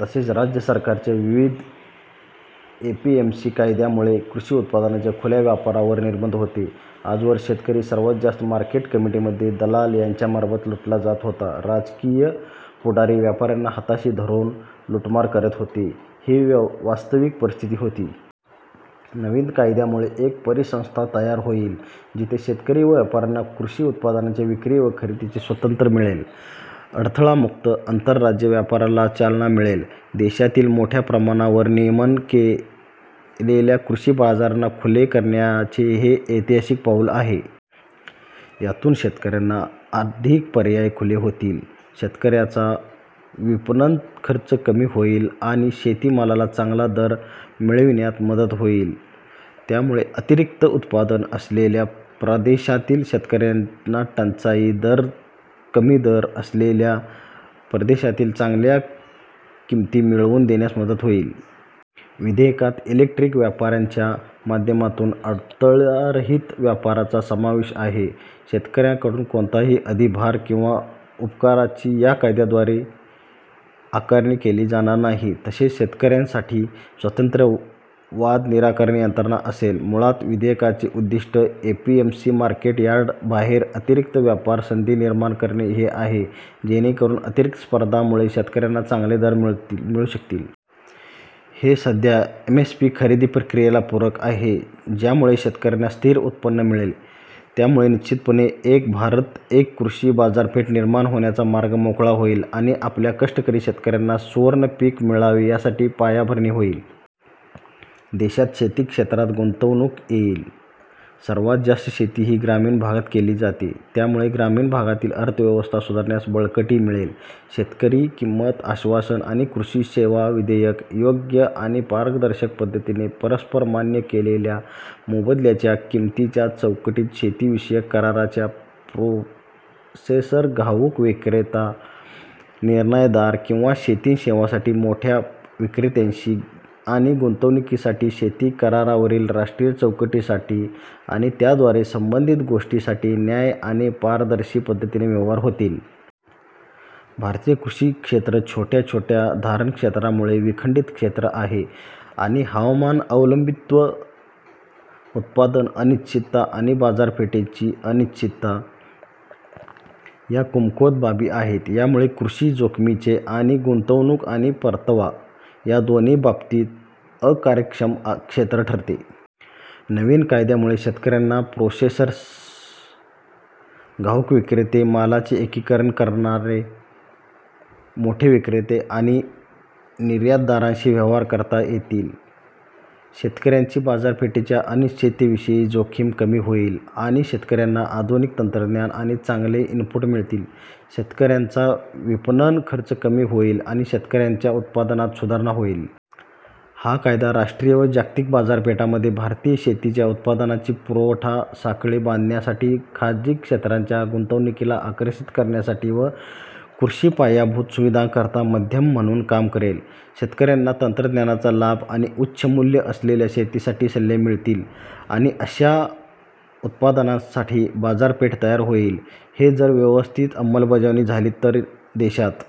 तसेच, राज्य सरकारांच्या विविध एपीएमसी कायद्यांमुळे कृषी उत्पादनांच्या खुल्या व्यापारावर निर्बंध होते. आजवर शेतकरी सर्वात जास्त मार्केट कमिटीमध्ये दलाल यांच्यामार्फत लुटला जात होता. राजकीय पुढारी व्यापाऱ्यांना हाताशी धरून लुटमार करत होते, ही वास्तविक परिस्थिती होती. नवीन कायद्यामुळे एक परिसंस्था तयार होईल, जिथे शेतकरी व व्यापाऱ्यांना कृषी उत्पादनांच्या विक्री व खरेदीचे स्वातंत्र्य मिळेल. अडथळामुक्त आंतरराज्य व्यापाराला चालना मिळेल. देशातील मोठ्या प्रमाणावर नियमन केलेल्या कृषी बाजारांना खुले करण्याचे हे ऐतिहासिक पाऊल आहे. यातून शेतकऱ्यांना अधिक पर्याय खुले होतील, शेतकऱ्यांचा विपणन खर्च कमी होईल आणि शेतमालाला चांगला दर मिळविण्यात मदत होईल. यामुळे अतिरिक्त उत्पादन असलेल्या प्रदेशांतील शेतकऱ्यांना टंचाई, कमी दर असलेल्या प्रदेशांतील चांगल्या किंमती मिळवून देण्यास मदत होईल. विधेयकात इलेक्ट्रॉनिक व्यापाराच्या माध्यमातून अडथळारहित व्यापाराचा समावेश आहे. शेतकऱ्यांकडून कोणताही अधिभार किंवा उपकराची या कायद्याद्वारे आकारणी केली जाणार नाही. तसेच शेतकऱ्यांसाठी स्वतंत्र वाद निराकरण यंत्रणा असेल. मुळात विधेयकाचे उद्दिष्ट एपीएमसी मार्केट यार्डबाहेर अतिरिक्त व्यापार संधी निर्माण करणे हे आहे, जेणेकरून अतिरिक्त स्पर्धेमुळे शेतकऱ्यांना चांगले दर मिळू शकतील. हे सध्या एमएसपी खरेदी प्रक्रियेला पूरक आहे, ज्यामुळे शेतकऱ्यांना स्थिर उत्पन्न मिळेल. यामुळे निश्चितपणे एक भारत, एक कृषी बाजारपेठ निर्माण होण्याचा मार्ग मोकळा होईल आणि आपल्या कष्टकरी शेतकऱ्यांना सुवर्ण पीक मिळावे यासाठी पायाभरणी होईल. देशात शेती क्षेत्रात गुंतवणूक येईल. सर्वात जास्त शेती ही ग्रामीण भागात केली जाते. त्यामुळे ग्रामीण भागातील अर्थव्यवस्था सुधारण्यास बळकटी मिळेल. शेतकरी किंमत आश्वासन आणि कृषी सेवा विधेयक, योग्य आणि पारदर्शक पद्धतीने परस्पर मान्य केलेल्या मोबदल्याच्या किंमतीच्या चौकटीत शेतीविषयक कराराच्या, प्रोसेसर, घाऊक विक्रेता, निर्यातदार किंवा शेती सेवांसाठी मोठ्या विक्रेत्यांशी आणि गुंतवणुकीसाठी शेती करारावरील राष्ट्रीय चौकटीसाठी आणि त्याद्वारे संबंधित गोष्टींसाठी न्याय आणि पारदर्शी पद्धतीने व्यवहार होतील. भारतीय कृषी क्षेत्र छोट्या छोट्या धारणक्षेत्रामुळे विखंडित क्षेत्र आहे आणि हवामान अवलंबित्व, उत्पादन अनिश्चितता आणि बाजारपेठेची अनिश्चितता या कमकुवत बाबी आहेत. यामुळे कृषी जोखमीचे आणि गुंतवणूक आणि परतावा या दोन्ही बाबतीत अकार्यक्षम क्षेत्र ठरते. नवीन कायद्यामुळे शेतकऱ्यांना प्रोसेसर्स, घाऊक विक्रेते, मालाचे एकत्रिकरण करणारे, मोठे विक्रेते आणि निर्यातदारांशी व्यवहार करता येईल. शेतकऱ्याची बाजारपेठेच्या अनिश्चिततेविषयीची जोखीम कमी होईल आणि शेतकऱ्यांना आधुनिक तंत्रज्ञान आणि चांगले इनपुट मिळतील. शेतकऱ्यांचा विपणन खर्च कमी होईल आणि शेतकऱ्यांच्या उत्पन्नात सुधारणा होईल. हा कायदा राष्ट्रीय व जागतिक बाजारपेठांमध्ये भारतीय शेतीच्या उत्पादनांची पुरवठा साखळी बांधण्यासाठी खासगी क्षेत्राच्या गुंतवणुकीला आकर्षित करण्यासाठी व कृषी पायाभूत सुविधांकरिता मध्यस्थ म्हणून काम करेल. शेतकऱ्यांना तंत्रज्ञानाचा लाभ आणि उच्च मूल्य असलेल्या शेतीसाठी सल्ले मिळतील आणि अशा उत्पादनांसाठी बाजारपेठ तयार होईल. हे जर व्यवस्थित अंमलबजावणी झाली तर देशात